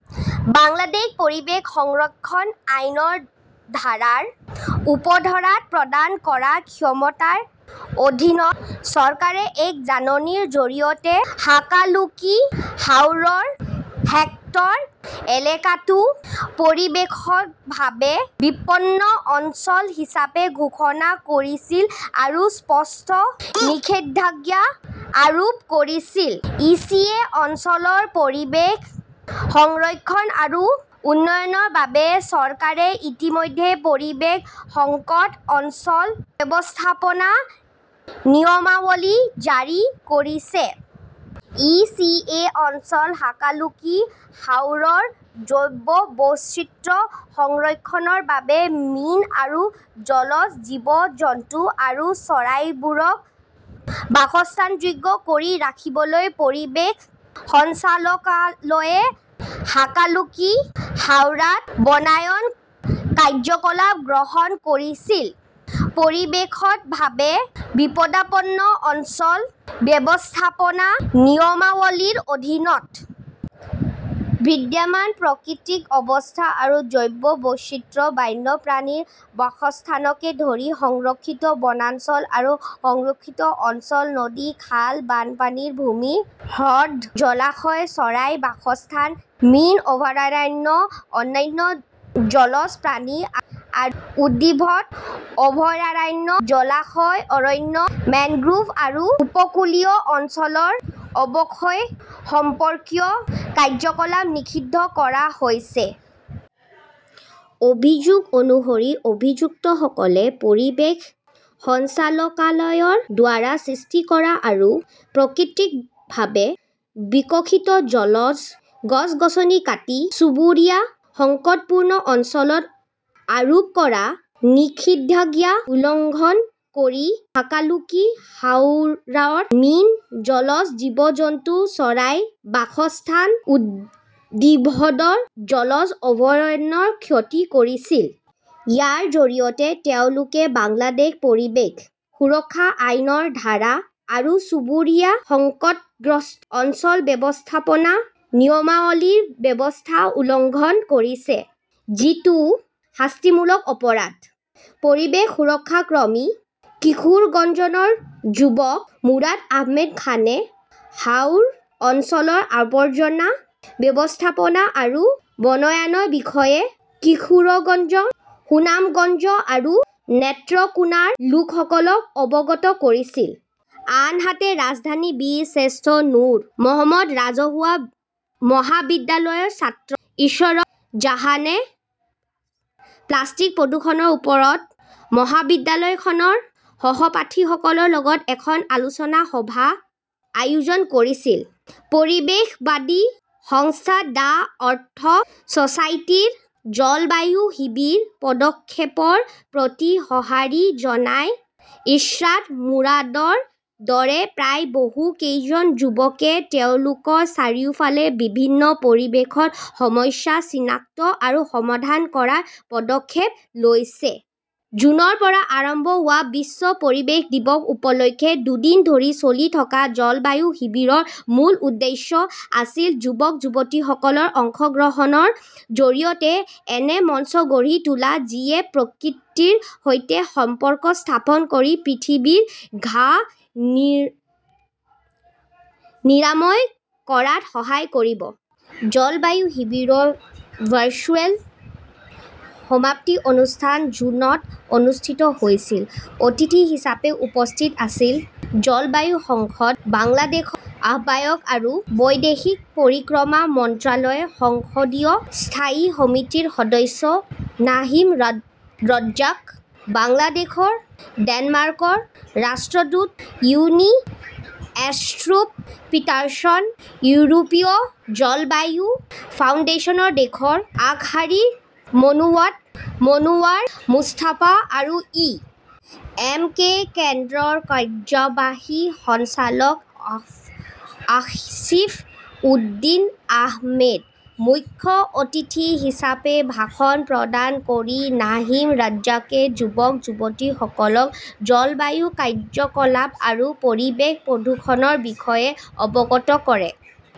বাংলাদেশ পৰিৱেশ সংৰক্ষণ আইনৰ ধাৰাৰ উপধাৰাত প্ৰদান কৰা ক্ষমতাৰ অধীনত, চৰকাৰে এক জাননীৰ জৰিয়তে হাকালুকি হাওৰৰ হেক্টৰ এলেকাটো পৰিৱেশতভাৱে বিপন্ন অঞ্চল হিচাপে ঘোষণা কৰিছিল আৰু স্পষ্ট নিষেধাজ্ঞা আৰোপ কৰিছিল। ই. চি. এ. অঞ্চলৰ পৰিৱেশ সংৰক্ষণ আৰু উন্নয়নৰ বাবে চৰকাৰে ইতিমধ্যে পৰিৱেশ সংকট অঞ্চল ব্যৱস্থাপনা নিয়মাৱলী জাৰি কৰিছে। ই. চি. এ. অঞ্চল হাকালুকি হাওৰৰ জৈৱ বৈচিত্ৰ্য সংৰক্ষণৰ বাবে মীন আৰু জলজ জীৱ-জন্তু আৰু চৰাইবোৰক বাসস্থানযোগ্য কৰি ৰাখিবলৈ পৰিৱেশ সঞ্চালকালয়ে হাকালুকি হাওৰাত বনায়ন কাৰ্যকলাপ গ্ৰহণ কৰিছিল। পৰিৱেশতভাৱে বিপদাপন্ন অঞ্চল ব্যৱস্থাপনা নিয়মাৱলীৰ অধীনত বিদ্যামান প্ৰকৃতিক অৱস্থা আৰু জৈৱ বৈচিত্ৰ্য, বান্য প্ৰাণীৰ বাসস্থানকে ধৰি সংৰক্ষিত বনাঞ্চল আৰু সংৰক্ষিত অঞ্চল, নদী, খাল, বানপানীৰ ভূমি, হ্ৰদ, জলাশয়, চৰাইৰ বাসস্থান, মীন অভৰাৰণ্য, অন্যান্য জলজ প্ৰাণী আৰু উদ্ভিদ অভৰাৰণ্য, জলাশয় অৰণ্য, মেংগ্ৰোভ আৰু উপকূলীয় অঞ্চলৰ অৱক্ষয় সম্পৰ্কীয় কাৰ্যকলাপ নিষিদ্ধ কৰা হৈছে। অভিযোগ অনুসৰি, অভিযুক্তসকলে পৰিৱেশ সঞ্চালকালয়ৰ দ্বাৰা সৃষ্টি কৰা আৰু প্ৰকৃতিকভাৱে বিকশিত জলজ গছ-গছনি কাটি চুবুৰীয়া সংকটপূৰ্ণ অঞ্চলত আৰোপ কৰা নিষেধাজ্ঞা উলংঘন কৰি হাকালুকি হাওৰৰ মীন, জলজ জীৱ-জন্তু, চৰাইৰ বাসস্থান, উদ্দিভদৰ জলজ অভয়াৰণ্যৰ ক্ষতি কৰিছিল। ইয়াৰ জৰিয়তে তেওঁলোকে বাংলাদেশ পৰিৱেশ সুৰক্ষা আইন'ৰ ধাৰা আৰু চুবুৰীয়া সংকটগ্ৰস্ত অঞ্চল ব্যৱস্থাপনা নিয়মাৱলী'ৰ ব্যৱস্থা উলংঘন কৰিছে, যিটো শাস্তিমূলক অপৰাধ। পৰিৱেশ সুৰক্ষাৰ ক্ৰমী কিশোৰগঞ্জনৰ যুৱক মুৰাদ আহমেদ খানে হাওৰ অঞ্চলৰ আৱৰ্জনা ব্যৱস্থাপনা আৰু বনয়ানৰ বিষয়ে কিশোৰগঞ্জ, সুনামগঞ্জ আৰু নেত্ৰকোনাৰ লোকসকলক অৱগত কৰিছিল। আনহাতে, ৰাজধানীৰ বীৰ শ্ৰেষ্ঠ নুৰ মহম্মদ ৰাজহুৱা মহাবিদ্যালয়ৰ ছাত্ৰ ইশৰত জাহানে প্লাষ্টিক প্ৰদূষণৰ ওপৰত মহাবিদ্যালয়খনৰ সহপাঠীসকলৰ লগত এখন আলোচনা সভা আয়োজন কৰিছিল। পৰিৱেশবাদী সংস্থা "দ্য অৰ্থ ছ'চাইটি"ৰ 'জলবায়ু শিবিৰ' পদক্ষেপৰ প্ৰতি সঁহাৰি জনাই ইশ্ৰাত-মুৰাদৰ দৰে প্ৰায় বহু কেইজন যুৱকে তেওঁলোকৰ চাৰিওফালে বিভিন্ন পৰিৱেশত সমস্যা চিনাক্ত আৰু সমাধান কৰাৰ পদক্ষেপ লৈছে। জুনৰ পৰা আৰম্ভ হোৱা বিশ্ব পৰিৱেশ দিৱস উপলক্ষে দুদিন ধৰি চলি থকা জলবায়ু শিবিৰৰ মূল উদ্দেশ্য আছিল যুৱক-যুৱতীসকলৰ অংশগ্ৰহণৰ জৰিয়তে এনে মঞ্চ গঢ়ি তোলা যিয়ে প্ৰকৃতিৰ সৈতে সম্পৰ্ক স্থাপন কৰি পৃথিৱীৰ ঘাঁ নিৰ নিৰাময় কৰাত সহায় কৰিব। জলবায়ু শিবিৰৰ ভাৰ্চুৱেল সমাপ্তি অনুষ্ঠান জুনত অনুষ্ঠিত হৈছিল। অতিথি হিচাপে উপস্থিত আছিল জলবায়ু সংসদ বাংলাদেশৰ আহ্বায়ক আৰু বৈদেশিক পৰিক্ৰমা মন্ত্ৰালয়ৰ সংসদীয় স্থায়ী সমিতিৰ সদস্য নাহিম ৰজ্জাক, বাংলাদেশৰ ডেনমাৰ্কৰ ৰাষ্ট্ৰদূত উইনি এষ্ট্ৰুপ পিটাৰছন, ইউৰোপীয় জলবায়ু ফাউণ্ডেশ্যনৰ দেশৰ আগশাৰীৰ মনোৱাৰ মনোৱাৰ মুস্তাফা আৰু ই. এম. কে. কেন্দ্ৰৰ কাৰ্যবাহী সঞ্চালক অস আসিফ উদ্দিন আহমেদ। মুখ্য অতিথি হিচাপে ভাষণ প্ৰদান কৰি নাহিম ৰজ্জাকে যুৱক-যুৱতীসকলক জলবায়ু কাৰ্যকলাপ আৰু পৰিৱেশ প্ৰদূষণৰ বিষয়ে অৱগত কৰে ।